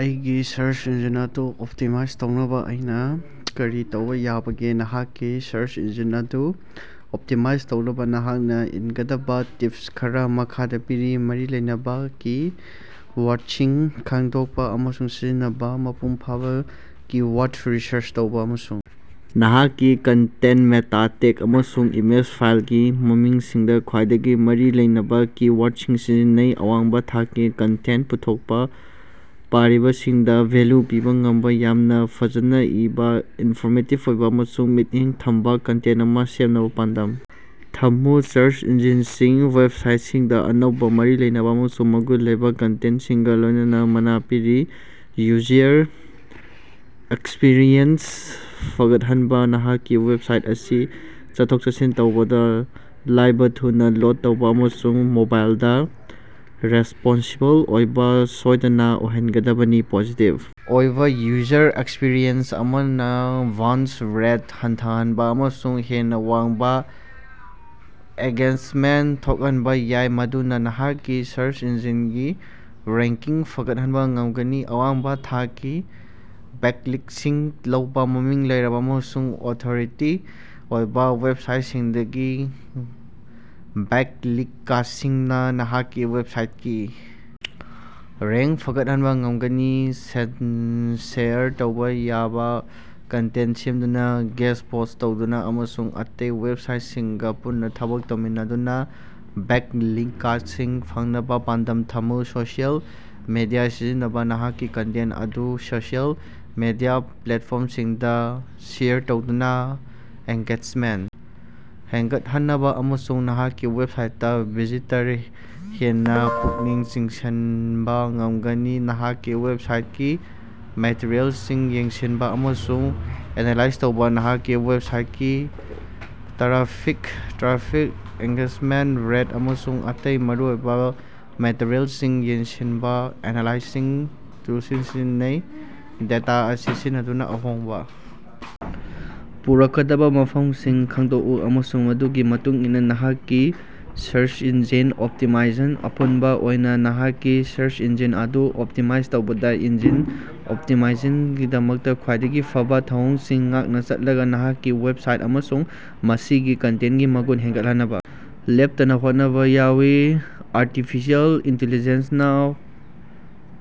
ꯑꯩꯒꯤ search engine ꯑꯗꯨ optimise ꯇꯧꯅꯕꯥ ꯑꯩꯅꯥ ꯀꯔꯤ ꯇꯧꯕꯥ ꯌꯥꯕꯒꯦ? ꯅꯍꯥꯛꯀꯤ ꯁꯔꯆ ꯏꯟꯖꯤꯟ ꯑꯗꯨ ꯑꯣꯞꯇꯤꯃꯥꯏꯖ ꯇꯧꯅꯕꯥ ꯅꯍꯥꯛꯅꯥ ꯏꯟꯒꯗꯕꯥ ꯇꯤꯞꯁ ꯈꯔꯥ ꯃꯈꯥꯗꯥ ꯄꯤꯔꯤ: ꯃꯔꯤ ꯂꯩꯅꯕꯥ ꯀꯤ-ꯋꯥꯔꯗꯁꯤꯡ ꯈꯪꯗꯣꯛꯄꯥ ꯑꯃꯁꯨꯡ ꯁꯤꯖꯤꯟꯅꯕꯥ: ꯃꯄꯨꯡꯐꯥꯕꯥ ꯀꯤ-ꯋꯥꯔꯗ ꯔꯤꯁꯔꯆ ꯇꯧꯕꯥ ꯑꯃꯁꯨꯡ ꯅꯍꯥꯛꯀꯤ ꯀꯟꯇꯦꯟꯇ, ꯃꯦꯇꯥ ꯇꯦꯒ, ꯑꯃꯁꯨꯡ ꯏꯃꯦꯖ ꯐꯥꯏꯜꯒꯤ ꯃꯃꯤꯡꯁꯤꯡꯗꯥ ꯈ꯭ꯋꯥꯏꯗꯒꯤ ꯃꯔꯤ ꯂꯩꯅꯕꯥ ꯀꯤ-ꯋꯥꯔꯗꯁꯤꯡ ꯁꯤꯖꯤꯟꯅꯩ꯫ ꯑꯋꯥꯡꯕꯥ ꯊꯥꯛꯀꯤ ꯀꯟꯇꯦꯟꯇ ꯄꯨꯊꯣꯛꯄꯥ: ꯄꯥꯔꯤꯕꯁꯤꯡꯗꯥ ꯚꯦꯜꯌꯨ ꯄꯤꯕꯥ ꯉꯝꯕꯥ ꯌꯥꯝꯅꯥ ꯐꯖꯅꯥ ꯏꯕꯥ, ꯏꯟꯐꯣꯔꯃꯦꯇꯤꯕ ꯑꯣꯏꯕꯥ ꯑꯃꯁꯨꯡ ꯃꯤꯠꯌꯦꯡ ꯊꯝꯕꯥ ꯀꯟꯇꯦꯟꯇ ꯑꯃꯥ ꯁꯦꯝꯅꯕꯥ ꯄꯥꯟꯗꯝ ꯊꯝꯃꯨ꯫ ꯁꯔꯆ ꯏꯟꯖꯤꯟꯁꯤꯡ ꯋꯦꯕꯁꯥꯏꯠꯁꯤꯡꯗꯥ ꯑꯅꯧꯕꯥ, ꯃꯔꯤ ꯂꯩꯅꯕꯥ ꯑꯃꯁꯨꯡ ꯃꯒꯨꯟ ꯂꯩꯕꯥ ꯀꯟꯇꯦꯟꯇꯁꯤꯡꯒꯥ ꯂꯣꯏꯅꯅꯥ ꯃꯅꯥ ꯄꯤꯔꯤ꯫ ꯌꯨꯖꯔ ꯑꯦꯛꯁꯄꯤꯔꯤꯑꯦꯟꯁ ꯐꯒꯠꯍꯟꯕꯥ: ꯅꯍꯥꯛꯀꯤ ꯋꯦꯕꯁꯥꯏꯠ ꯑꯁꯤ ꯆꯠꯊꯣꯛ-ꯆꯠꯁꯤꯟ ꯇꯧꯕꯗꯥ ꯂꯥꯏꯕꯥ, ꯊꯨꯅꯥ ꯂꯣꯗ ꯇꯧꯕꯥ ꯑꯃꯁꯨꯡ ꯃꯣꯕꯥꯏꯜꯗꯥ ꯔꯦꯁꯄꯣꯟꯁꯤꯕꯜ ꯑꯣꯏꯕꯥ ꯁꯣꯏꯗꯅꯥ ꯑꯣꯏꯍꯟꯒꯗꯕꯅꯤ꯫ ꯄꯣꯖꯤꯇꯤꯚ ꯑꯣꯏꯕꯥ ꯌꯨꯖꯔ ꯑꯦꯛꯁꯄꯤꯔꯤꯑꯦꯟꯁ ꯑꯃꯅꯥ ꯕꯥꯎꯟꯁ ꯔꯦꯠ ꯍꯟꯊꯍꯟꯕꯥ ꯑꯃꯁꯨꯡ ꯍꯦꯟꯅꯥ ꯋꯥꯡꯕꯥ ꯑꯦꯡꯒꯦꯖꯃꯦꯟꯇ ꯊꯣꯛꯍꯟꯕꯥ ꯌꯥꯏ, ꯃꯗꯨꯅꯥ ꯅꯍꯥꯛꯀꯤ ꯁꯔꯆ ꯏꯟꯖꯤꯟꯒꯤ ꯔꯦꯡꯀꯤꯡ ꯐꯒꯠꯍꯟꯕꯥ ꯉꯝꯒꯅꯤ꯫ ꯑꯋꯥꯡꯕꯥ ꯊꯥꯛꯀꯤ ꯕꯦꯛꯂꯤꯡꯀꯁꯤꯡ ꯂꯧꯕꯥ: ꯃꯃꯤꯡ ꯂꯩꯔꯕꯥ ꯑꯃꯁꯨꯡ ꯑꯣꯊꯣꯔꯤꯇꯤ ꯑꯣꯏꯕꯥ ꯋꯦꯕꯁꯥꯏꯇꯁꯤꯡꯗꯒꯤ ꯕꯦꯛꯂꯤꯡꯀꯁꯤꯡꯅꯥ ꯅꯍꯥꯛꯀꯤ ꯋꯦꯕꯁꯥꯏꯇꯀꯤ ꯔꯦꯡ ꯐꯒꯠꯍꯟꯕꯥ ꯉꯝꯒꯅꯤ꯫ ꯁꯦ ꯁꯦꯌꯔ ꯇꯧꯕꯥ ꯌꯥꯕꯥ ꯀꯟꯇꯦꯟꯇ ꯁꯦꯝꯗꯨꯅꯥ, ꯒꯦꯁ ꯄꯣꯁ꯭ꯠ ꯇꯧꯗꯨꯅꯥ, ꯑꯃꯁꯨꯡ ꯑꯇꯩ ꯋꯦꯕꯁꯥꯏꯇꯁꯤꯡꯒꯥ ꯄꯨꯟꯅꯥ ꯊꯕꯛ ꯇꯧꯃꯤꯟꯅꯗꯨꯅꯥ ꯕꯦꯛꯂꯤꯡꯀꯁꯤꯡ ꯐꯪꯅꯕꯥ ꯄꯥꯟꯗꯝ ꯊꯝꯃꯨ꯫ ꯁꯣꯁꯤꯑꯦꯜ ꯃꯤꯗꯤꯌꯥ ꯁꯤꯖꯤꯟꯅꯕꯥ: ꯅꯍꯥꯛꯀꯤ ꯀꯟꯇꯦꯟꯇ ꯑꯗꯨ ꯁꯣꯁꯤꯑꯦꯜ ꯃꯤꯗꯤꯌꯥ ꯄ꯭ꯂꯦꯠꯐꯣꯔꯝꯁꯤꯡꯗꯥ ꯁꯦꯌꯔ ꯇꯧꯗꯨꯅꯥ ꯑꯦꯡꯒꯦꯖꯃꯦꯟꯇ ꯍꯦꯟꯒꯠꯍꯟꯅꯕꯥ ꯑꯃꯁꯨꯡ ꯅꯍꯥꯛꯀꯤ ꯋꯦꯕꯁꯥꯏꯇꯇꯥ ꯚꯤꯖꯤꯇꯔꯤ ꯍꯦꯟꯅꯥ ꯄꯨꯛꯅꯤꯡ ꯆꯤꯡꯁꯤꯟꯕꯥ ꯉꯝꯒꯅꯤ꯫ ꯅꯍꯥꯛꯀꯤ ꯋꯦꯕꯁꯥꯏꯇꯀꯤ ꯃꯦꯇꯔꯤꯑꯦꯜꯁꯤꯡ ꯌꯦꯡꯁꯤꯟꯕꯥ ꯑꯃꯁꯨꯡ ꯑꯦꯅꯥꯂꯥꯏꯖ ꯇꯧꯕꯥ ꯅꯍꯥꯛꯀꯤ ꯋꯦꯕꯁꯥꯏꯇꯀꯤ ꯇ꯭ꯔꯥꯐꯤꯛ ꯇ꯭ꯔꯥꯐꯤꯛ, ꯑꯦꯡꯒꯦꯖꯃꯦꯟꯇ ꯔꯦꯠ, ꯑꯃꯁꯨꯡ ꯑꯇꯩ ꯃꯔꯨꯑꯣꯏꯕꯥ ꯃꯦꯇꯔꯤꯑꯦꯜꯁꯤꯡ ꯌꯦꯡꯁꯤꯟꯅꯕꯥ ꯑꯦꯅꯥꯂꯥꯏꯁꯤꯁ ꯇꯨꯜꯁꯤꯡ ꯁꯤꯖꯤꯟꯅꯧ꯫ ꯗꯦꯇꯥ ꯑꯁꯤ ꯁꯤꯖꯤꯟꯅꯗꯨꯅꯥ ꯑꯍꯣꯡꯕꯥ ꯄꯨꯔꯛꯀꯗꯕꯥ ꯃꯐꯝꯁꯤꯡ ꯈꯪꯗꯣꯛꯎ ꯑꯃꯁꯨꯡ ꯃꯗꯨꯒꯤ ꯃꯇꯨꯡ ꯏꯟꯅꯥ ꯅꯍꯥꯛꯀꯤ ꯁꯔꯁ ꯏꯟꯖꯤꯟ ꯑꯣꯞꯇꯤꯃꯥꯏꯖꯦꯁꯟ ꯑꯄꯨꯟꯕꯥ ꯑꯣꯏꯅꯥ, ꯅꯍꯥꯛꯀꯤ ꯁꯔꯆ ꯏꯟꯖꯤꯟ ꯑꯗꯨ ꯑꯣꯞꯇꯤꯃꯥꯏꯖ ꯇꯧꯕꯗꯥ ꯏꯟꯖꯤꯟ ꯑꯣꯞꯇꯤꯃꯥꯏꯖꯦꯁꯟꯒꯤꯗꯃꯛꯇꯥ ꯈ꯭ꯋꯥꯏꯗꯒꯤ ꯐꯕꯥ ꯊꯧꯑꯣꯡꯁꯤꯡ ꯉꯥꯛꯅꯥ ꯆꯠꯂꯒꯥ ꯅꯍꯥꯛꯀꯤ ꯋꯦꯕꯁꯥꯏꯠ ꯑꯃꯁꯨꯡ ꯃꯁꯤꯒꯤ ꯀꯟꯇꯦꯟꯇꯀꯤ ꯃꯒꯨꯟ ꯍꯦꯟꯒꯠꯍꯟꯅꯕꯥ ꯂꯦꯞꯇꯅꯥ ꯍꯣꯠꯅꯕꯥ ꯌꯥꯎꯏ꯫ ꯑꯥꯔꯇꯤꯐꯤꯁꯤꯑꯦꯜ ꯏꯟꯇꯤꯂꯤꯖꯦꯟꯁꯅꯥ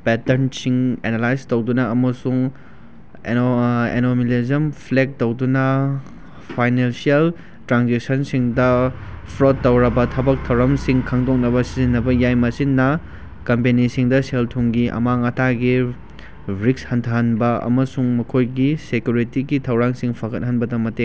ꯄꯦꯇ꯭ꯔꯟꯁꯤꯡ ꯑꯦꯅꯥꯂꯥꯏꯖ ꯇꯧꯗꯨꯅꯥ ꯑꯃꯁꯨꯡ ꯑꯦꯅꯣ ꯑꯦꯅꯣꯃꯦꯂꯤꯖꯝ ꯐ꯭ꯂꯦꯛ ꯇꯧꯗꯨꯅꯥ ꯐꯥꯏꯅꯥꯟꯁꯤꯑꯦꯜ ꯇ꯭ꯔꯥꯟꯖꯦꯛꯁꯟꯁꯤꯡꯗꯥ ꯐ꯭ꯔꯣꯗ ꯇꯧꯔꯕꯥ ꯊꯕꯛ ꯊꯧꯔꯝꯁꯤꯡ ꯈꯪꯗꯣꯛꯅꯕꯥ ꯁꯤꯖꯤꯟꯅꯕꯥ ꯌꯥꯏ꯫ ꯃꯁꯤꯅꯥ ꯀꯝꯄꯦꯅꯤꯁꯤꯡꯗꯥ ꯁꯦꯜ-ꯊꯨꯝꯒꯤ ꯑꯃꯥꯡ-ꯑꯇꯥꯒꯤ ꯔꯤꯀꯁ ꯍꯟꯊꯍꯟꯕꯗꯥ ꯑꯃꯁꯨꯡ ꯃꯈꯣꯏꯒꯤ ꯁꯦꯀ꯭ꯌꯨꯔꯤꯇꯤꯒꯤ ꯊꯧꯔꯥꯡꯁꯤꯡ ꯐꯒꯠꯍꯟꯕꯗꯥ ꯃꯇꯦꯡ